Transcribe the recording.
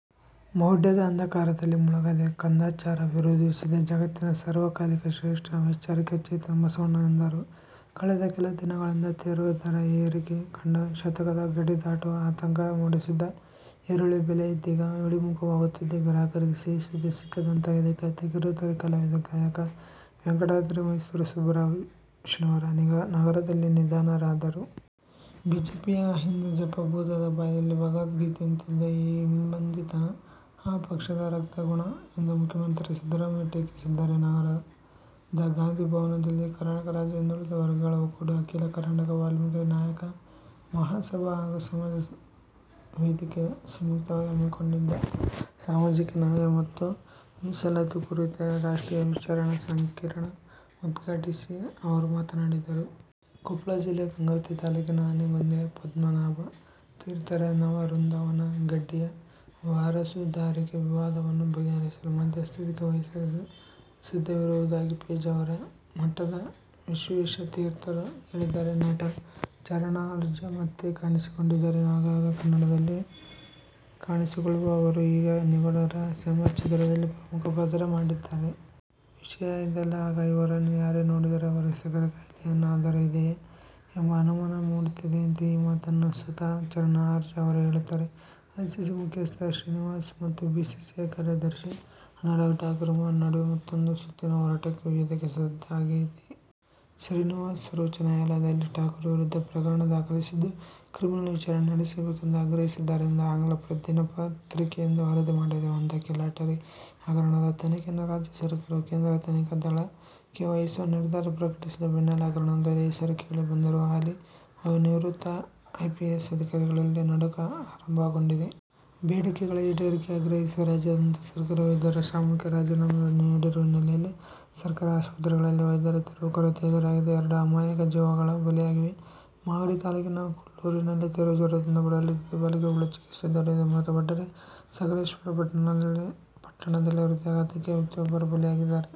ಮೌಡ್ಯದ ಅಂಧಕಾರದಲ್ಲಿ ಮುಳುಗದೆ ಕಂದಾಚಾರ ವಿರೋಧಿಸಿದ ಜಗತ್ತಿನ ಸರ್ವಕಾಲಿಕ ಶ್ರೇಷ್ಠ ವೈಚಾರಿಕ ಚೇತನ ಬಸವಣ್ಣ ಎಂದರು. ಕಳೆದ ಕೆಲ ದಿನಗಳಿಂದ ತೀವ್ರ ದರ ಏರಿಕೆ ಕಂಡು ಶತಕದ ಗಡಿ ದಾಟುವ ಆತಂಕ ಮೂಡಿಸಿದ್ದ ಈರುಳ್ಳಿ ಬೆಲೆ ಇದೀಗ ಇಳಿಮುಖವಾಗುತ್ತಿದ್ದು, ಗ್ರಾಹಕರಿಗೆ ಸಿಹಿ ಸುದ್ದಿ ಸಿಕ್ಕಿದಂತಾಗಿದೆ. ಖ್ಯಾತ ಕಿರುತೆರೆ ಕಲಾವಿದ, ಗಾಯಕ ವೆಂಕಟಾದ್ರಿ ಮೈಸೂರು ಸುಬ್ಬರಾವ್ ಶನಿವಾರ ನಗರದಲ್ಲಿ ನಿಧನರಾದರು. ಬಿಜೆಪಿಯ ಅಹಿಂದ ಜಪ ಭೂತದ ಬಾಯಲ್ಲಿ ಭಗವದ್ಗೀತೆಯಂತಿದ್ದು, ಈ ಇಬ್ಬಂದಿತನ ಆ ಪಕ್ಷದ ರಕ್ತಗುಣ ಎಂದು ಮುಖ್ಯಮಂತ್ರಿ ಸಿದ್ದರಾಮಯ್ಯ ಟೀಕಿಸಿದ್ದಾರೆ. ನಗರದ ಗಾಂಧಿ ಭವನದಲ್ಲಿ ಕರ್ನಾಟಕ ರಾಜ್ಯ ಹಿಂದುಳಿದ ವರ್ಗಗಳ ಒಕ್ಕೂಟ, ಅಖೀಲ ಕರ್ನಾಟಕ ವಾಲ್ಮೀಕಿ ನಾಯಕ ಮಹಾಸಭಾ ಹಾಗೂ ಸಮ ಸಮಾಜ ವೇದಿಕೆ ಸಂಯುಕ್ತವಾಗಿ ಹಮ್ಮಿಕೊಂಡಿದ್ದ "ಸಾಮಾಜಿಕ ನ್ಯಾಯ ಮತ್ತು ಮೀಸಲಾತಿ' ಕುರಿತ ರಾಷ್ಟ್ರೀಯ ವಿಚಾರ ಸಂಕಿರಣ ಉದ್ಘಾಟಿಸಿ ಅವರು ಮಾತನಾಡಿದರು. ಕೊಪ್ಪಳ ಜಿಲ್ಲೆಯ ಗಂಗಾವತಿ ತಾಲೂಕಿನ ಆನೆಗೊಂದಿಯ ಪದ್ಮನಾಭ ತೀರ್ಥರ ನವವೃಂದಾವನ ಗಡ್ಡಿಯ ವಾರಸುದಾರಿಕೆ ವಿವಾದವನ್ನು ಬಗೆಹರಿಸಲು ಮಧ್ಯಸ್ಥಿಕೆ ವಹಿಸಲು ಸಿದ್ಧವಿರುವುದಾಗಿ ಪೇಜಾವರ ಮಠದ ವಿಶ್ವೇಶತೀರ್ಥರು ಹೇಳಿದ್ದಾರೆ. ನಟ ಚರಣ್ರಾಜ್ ಮತ್ತೆ ಕಾಣಿಸಿಕೊಂಡಿದ್ದಾರೆ. ಆಗಾಗ ಕನ್ನಡದಲ್ಲಿ ಕಾಣಿಸಿಕೊಳ್ಳುವ ಅವರು, ಈಗ "ನಿಗೂಢ ರಹಸ್ಯ ಎಂಬ ಚಿತ್ರದಲ್ಲಿ ಪ್ರಮುಖ ಪಾತ್ರ ಮಾಡಿದ್ದಾರೆ. ವಿಷಯ ಇದಲ್ಲ, ಈಗ ಅವರನ್ನು ಯಾರೇ ನೋಡಿದರೂ, ಅವರಿಗೆ ಸಕ್ಕರೆ ಖಾಯಿಲೆ ಏನಾದರೂ ಇದೆಯಾ? ಎಂಬ ಅನುಮಾನ ಮೂಡುತ್ತಿದೆಯಂತೆ. ಈ ಮಾತನ್ನು ಸ್ವತಃ ಚರಣ್ರಾಜ್ ಅವರೇ ಹೇಳುತ್ತಾರೆ. ಐಸಿಸಿ ಮುಖ್ಯಸ್ಥ ಶ್ರೀನಿವಾಸನ್ ಮತ್ತು ಬಿಸಿಸಿಐ ಕಾರ್ಯದರ್ಶಿ ಅನುರಾಗ್ ಠಾಕೂರ್ ನಡುವೆ ಮತ್ತೂಂದು ಸುತ್ತಿನ ಹೋರಾಟಕ್ಕೆ ವೇದಿಕೆ ಸಿದ್ಧವಾಗಿದೆ. ಶ್ರೀನಿವಾಸನ್ ಸರ್ವೋಚ್ಚ ನ್ಯಾಯಾಲಯದಲ್ಲಿ ಠಾಕೂರ್ ವಿರುದ್ಧ ಪ್ರಕರಣ ದಾಖಲಿಸಿದ್ದು, ಕ್ರಿಮಿನಲ್ ವಿಚಾರಣೆ ನಡೆಸಬೇಕೆಂದು ಆಗ್ರಹಿಸಿದ್ದಾರೆಂದು ಆಂಗ್ಲ ದಿನಪತ್ರಿಕೆಯೊಂದು ವರದಿ ಮಾಡಿದೆ. ಒಂದಂಕಿ ಲಾಟರಿ ಹಗರಣದ ತನಿಖೆಯನ್ನು ರಾಜ್ಯ ಸರ್ಕಾರವು ಕೇಂದ್ರ ತನಿಖಾ ದಳ ಕ್ಕೆ ವಹಿಸುವ ನಿರ್ಧಾರ ಪ್ರಕಟಿಸಿದ ಬೆನ್ನಲ್ಲೇ ಹಗರಣದಲ್ಲಿ ಹೆಸರು ಕೇಳಿ ಬಂದಿರುವ ಹಾಲಿ ಹಾಗೂ ನಿವೃತ್ತ ಐಪಿಎಸ್ ಅಧಿಕಾರಿಗಳಲ್ಲಿ ನಡುಕ ಆರಂಭಗೊಂಡಿದೆ. ಬೇಡಿಕೆಗಳ ಈಡೇರಿಕೆಗೆ ಆಗ್ರಹಿಸಿ ರಾಜ್ಯಾದ್ಯಂತ ಸರ್ಕಾರಿ ವೈದ್ಯರು ಸಾಮೂಹಿಕ ರಾಜೀನಾಮೆ ನೀಡಿರುವ ಹಿನ್ನೆಲೆಯಲ್ಲಿ ಸರ್ಕಾರಿ ಆಸ್ಪತ್ರೆಗಳಲ್ಲಿ ವೈದ್ಯರ ತೀವ್ರ ಕೊರತೆ ಎದುರಾಗಿದ್ದು, ಎರಡು ಅಮಾಯಕ ಜೀವಗಳು ಬಲಿಯಾಗಿವೆ. ಮಾಗಡಿ ತಾಲೂಕಿನ ಕುಡ್ಲೂರಿನಲ್ಲಿ ತೀವ್ರ ಜ್ವರದಿಂದ ಬಳಲುತ್ತಿದ್ದ ಬಾಲಕಿಯೊಬ್ಬಳು ಚಿಕಿತ್ಸೆ ದೊರೆಯದೆ ಮೃತಪಟ್ಟರೆ, ಸಕಲೇಶಪುರ ಪಟ್ಟಣದಲ್ಲಿ ಹೃದಯಾಘಾತಕ್ಕೆ ವ್ಯಕ್ತಿಯೊಬ್ಬರು ಬಲಿಯಾಗಿದ್ದಾರೆ.